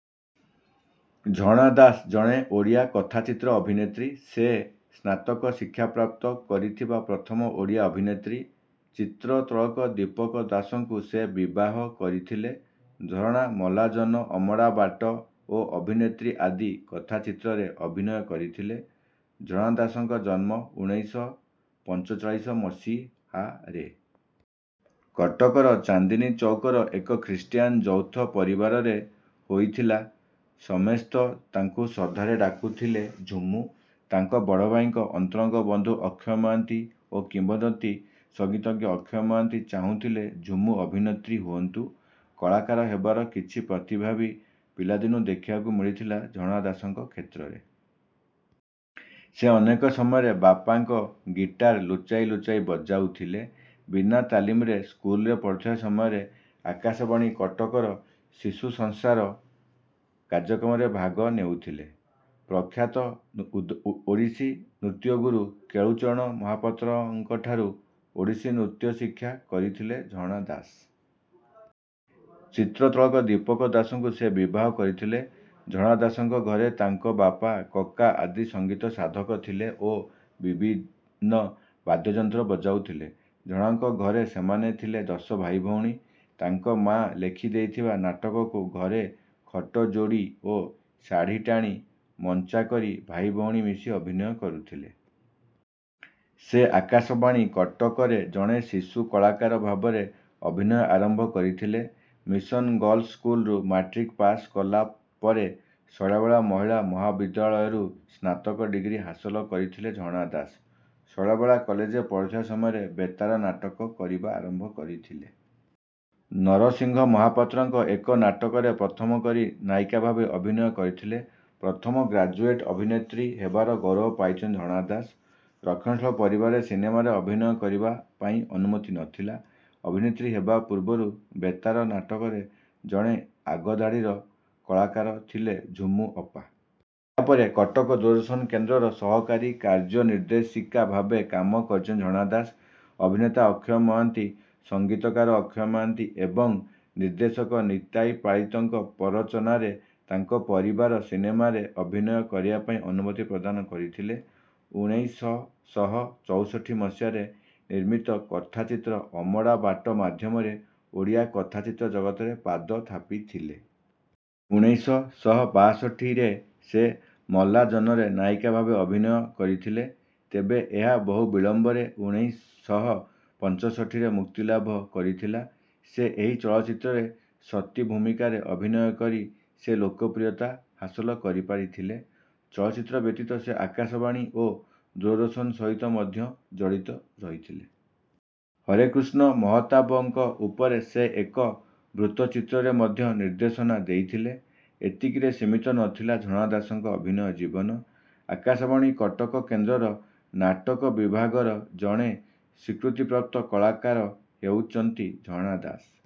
ଝରଣା ଦାସ ଜଣେ ଓଡ଼ିଆ କଥାଚିତ୍ର ଅଭିନେତ୍ରୀ। ସେ ସ୍ନାତକ ଶିକ୍ଷାପ୍ରାପ୍ତ କରିଥିବା ପ୍ରଥମ ଓଡ଼ିଆ ଅଭିନେତ୍ରୀ। ଚିତ୍ରତ୍ତୋଳକ ଦୀପକ ଦାସଙ୍କୁ ସେ ବିବାହ କରିଥିଲେ। ଝରଣା ମଲାଜହ୍ନ ଅମଡ଼ା ବାଟ ଓ ଅଭିନେତ୍ରୀ ଆଦି କଥାଚିତ୍ରରେ ଅଭିନୟ କରିଥିଲେ। ଝରଣା ଦାସଙ୍କ ଜନ୍ମ ଉଣେଇଶ ଶହ ପଞ୍ଚଚାଳିଶ ମସିହ। ରେ କଟକର ଚାନ୍ଦିନି ଚୌକର ଏକ ଖ୍ରୀଷ୍ଟିୟାନ ଯୌଥ ପରିବାରରେ ହୋଇଥିଲା ।ସମେସ୍ତ ତାଙ୍କୁ ଶ୍ରଦ୍ଧ। ରେ ଡାକୁଥିଲେ ଝୁମୁ। ତାଙ୍କ ବଡ ଭାଇଙ୍କ ଅନ୍ତରଙ୍ଗ ବନ୍ଧୁ ଅକ୍ଷୟ ମହାନ୍ତି ଓ କିମ୍ବଦନ୍ତି ସଙ୍ଗୀତଜ୍ଞ ଅକ୍ଷୟ ମହାନ୍ତି ଚାହୁଁଥିଲେ ଝୁମୁ ଅଭିନେତ୍ରୀ ହୁଅନ୍ତୁ। କଳାକାର ହେବାର କିଛି ପ୍ରତିଭା ବି ପିଲାଦିନୁ ଦେଖିବାକୁ ମିଳିଥିଲା ଝରଣା ଦାସଙ୍କ କ୍ଷେତ୍ରରେ। ସେ ଅନେକ ସମୟରେ ବାପାଙ୍କ ଗୀଟ। ର ଲୁଚାଇ ଲୁଚାଇ ବଜାଉଥିଲେ। ବିନା ତାଲିମରେ ସ୍କୁଲରେ ପଢୁଥିବା ସମୟରେ ଆକାଶବାଣୀ କଟକର ଶିଶୁ ସଂସାର କାର୍ଯ୍ୟକ୍ରମରେ ଭାଗ ନେଉଥିଲେ। ପ୍ରଖାତ ଓଡ଼ିଶୀ ନୃତ୍ୟଗୁରୁ କେଳୁ ଚରଣ ମହାପାତ୍ରଙ୍କ ଠାରୁ ଓଡ଼ିଶୀ ନୃତ୍ୟ ଶିକ୍ଷା କରିଥିଲେ ଝରଣା ଦାସ। ଚିତ୍ରତ୍ତୋଳକ ଦୀପକ ଦାସଙ୍କୁ ସେ ବିବାହ କରିଥିଲେ। ଝରଣା ଦାସଙ୍କ ଘରେ ତାଙ୍କ ବାପା କକା ଆଦି ସଙ୍ଗୀତ ସାଧକ ଥିଲେ ଓ ବିଭିନ୍ନ ବାଦ୍ୟଯନ୍ତ୍ର ବଜାଉଥିଲେ। ଝରଣାଙ୍କ ଘରେ ସେମାନେ ଥିଲେ ଦଶ ଭାଇ ଭଉଣୀ। ତାଙ୍କ ମା ଲେଖିଦେଇଥିବା ନାଟକକୁ ଘରେ ଖଟ ଯୋଡ଼ି ଓ ଶାଢ଼ୀ ଟାଣି ମଞ୍ଚା କରି ଭାଇ ଭଉଣୀ ମିଶି ଅଭିନୟ କରୁଥିଲେ। ସେ ଆକାଶବାଣୀ କଟକରେ ଜଣେ ଶିଶୁ କଳାକାର ଭାବରେ ଅଭିନୟ ଆରମ୍ଭ କରିଥିଲେ। ମିସନ୍ ଗର୍ଲସ ସ୍କୁଲ ରୁ ମ୍ୟାଟ୍ରିକ ପାସ କଲା ପରେ ଶୈଳବାଳା ମହିଳା ମହାବିଦ୍ୟାଳୟରୁ ସ୍ନ। ତକ ଡିଗ୍ରୀ ହାସଲ କରିଥିଲେ ଝରଣା ଦାସ। ଶୈଳବାଳା କଲେଜର ପଢୁଥିବା ସମୟରେ ବେତାର ନାଟକ କରିବା ଆରମ୍ଭ କରିଥିଲେ। ନରସିଂହ ମହାପାତ୍ରଙ୍କ ଏକ ନାଟକରେ ପ୍ରଥମକରି ନାୟିକା ଭାବେ ଅଭିନୟ କରିଥିଲେ। ପ୍ରଥମ ଗ୍ରାଜୁଏଟ ଅଭିେନତ୍ରୀ ହେବାର ଗୌରବ ପାଇଛନ୍ତି ଝରଣା ଦାସ। ରକ୍ଷଣଶୀଳ ପରିବାରରେ ସିନେମାରେ ଅଭିନୟ କରିବା ପାଇଁ ଅନୁମତି ନଥିଲା। ଅଭିେନତ୍ରୀ ହେବା ପୂର୍ବରୁ ବେତାର ନାଟକର ଜଣେ ଆଗଧାଡିର କଳାକାରଥିଲେ ଝୁମୁ ଅପା। ଏହାପରେ କଟକ ଦୂରଦର୍ଶନ କେନ୍ଦ୍ରର ସହକାରୀ କାର୍ଯ୍ୟନିର୍ଦ୍ଦେଶିକ। ଭ। ବେ କାମ କରିଛନ୍ତି ଝରଣା ଦାସ। ଅଭିନେତା ଅକ୍ଷୟ ମହାନ୍ତି ସଙ୍ଗୀତକାର ଅକ୍ଷୟ ମହାନ୍ତି ଏବଂ ନିର୍ଦ୍ଦେଶକ ନିତାଇ ପାଲିତଙ୍କ ପ୍ରରୋଚନାରେ ତାଙ୍କ ପରିବାର ସିନେମାରେ ଅଭିନୟ କରିବା ପାଇଁ ଅନୁମତି ପ୍ରଦାନ କରିଥିଲେ। ଉଣେଇଶ ଶହ ଚଉଷଠି ମସିହାରେ ନିର୍ମିତ କଥାଚିତ୍ର ଅମଡ଼ା ବାଟ ମାଧ୍ୟମରେ ଓଡ଼ିଆ କଥାଚିତ୍ର ଜଗତରେ ପାଦ ଥାପିଥିଲେ। ଉଣେଇଶ ଶହ ବାଷଠି ରେ ସେ ମଲାଜହ୍ନରେ ନାୟିକା ଭାବେ ଅଭିନୟ କରିଥିଲେ, ତେବେ ଏହା ବହୁ ବିଳମ୍ବରେ ଉଣେଇଶ ଶହ ପଞ୍ଚଷଠିରେ ମୁକ୍ତିଲାଭ କରିଥିଲା। ସେ ଏହି ଚଳଚ୍ଚିତ୍ର ରେ ସତୀ ଭୂମିକାରେ ଅଭିନୟ କରି ସେ ଲୋକପ୍ରିୟତା ହାସଲ କରିପାରିଥିଲେ। ଚଳଚ୍ଚିତ୍ର ବ୍ୟତୀତ ସେ ଆକାଶବାଣୀ ଓ ଦୂରଦର୍ଶନ ସହିତ ମଧ୍ୟ ଜଡ଼ିତ ରହିଥିଲେ। ହରେକୃଷ୍ଣ ମହତାବଙ୍କ ଉପରେ ସେ ଏକ ବୃତ୍ତଚିତ୍ରରେ ମଧ୍ୟ ନିର୍ଦ୍ଦେଶନା ଦେଇଥିଲେ। ଏତିକିରେ ସିମିତ ନଥିଲା ଝରଣା ଦାସଙ୍କ ଅଭିନୟ ଜୀବନ। ଆକାଶବାଣୀ କଟକ କେନ୍ଦ୍ରର ନାଟକ ବିଭାଗର ଜଣେ ସ୍ୱୀକୃତିପ୍ରାପ୍ତ କଳାକାର ହେଉଛନ୍ତି ଝରଣା ଦାସ।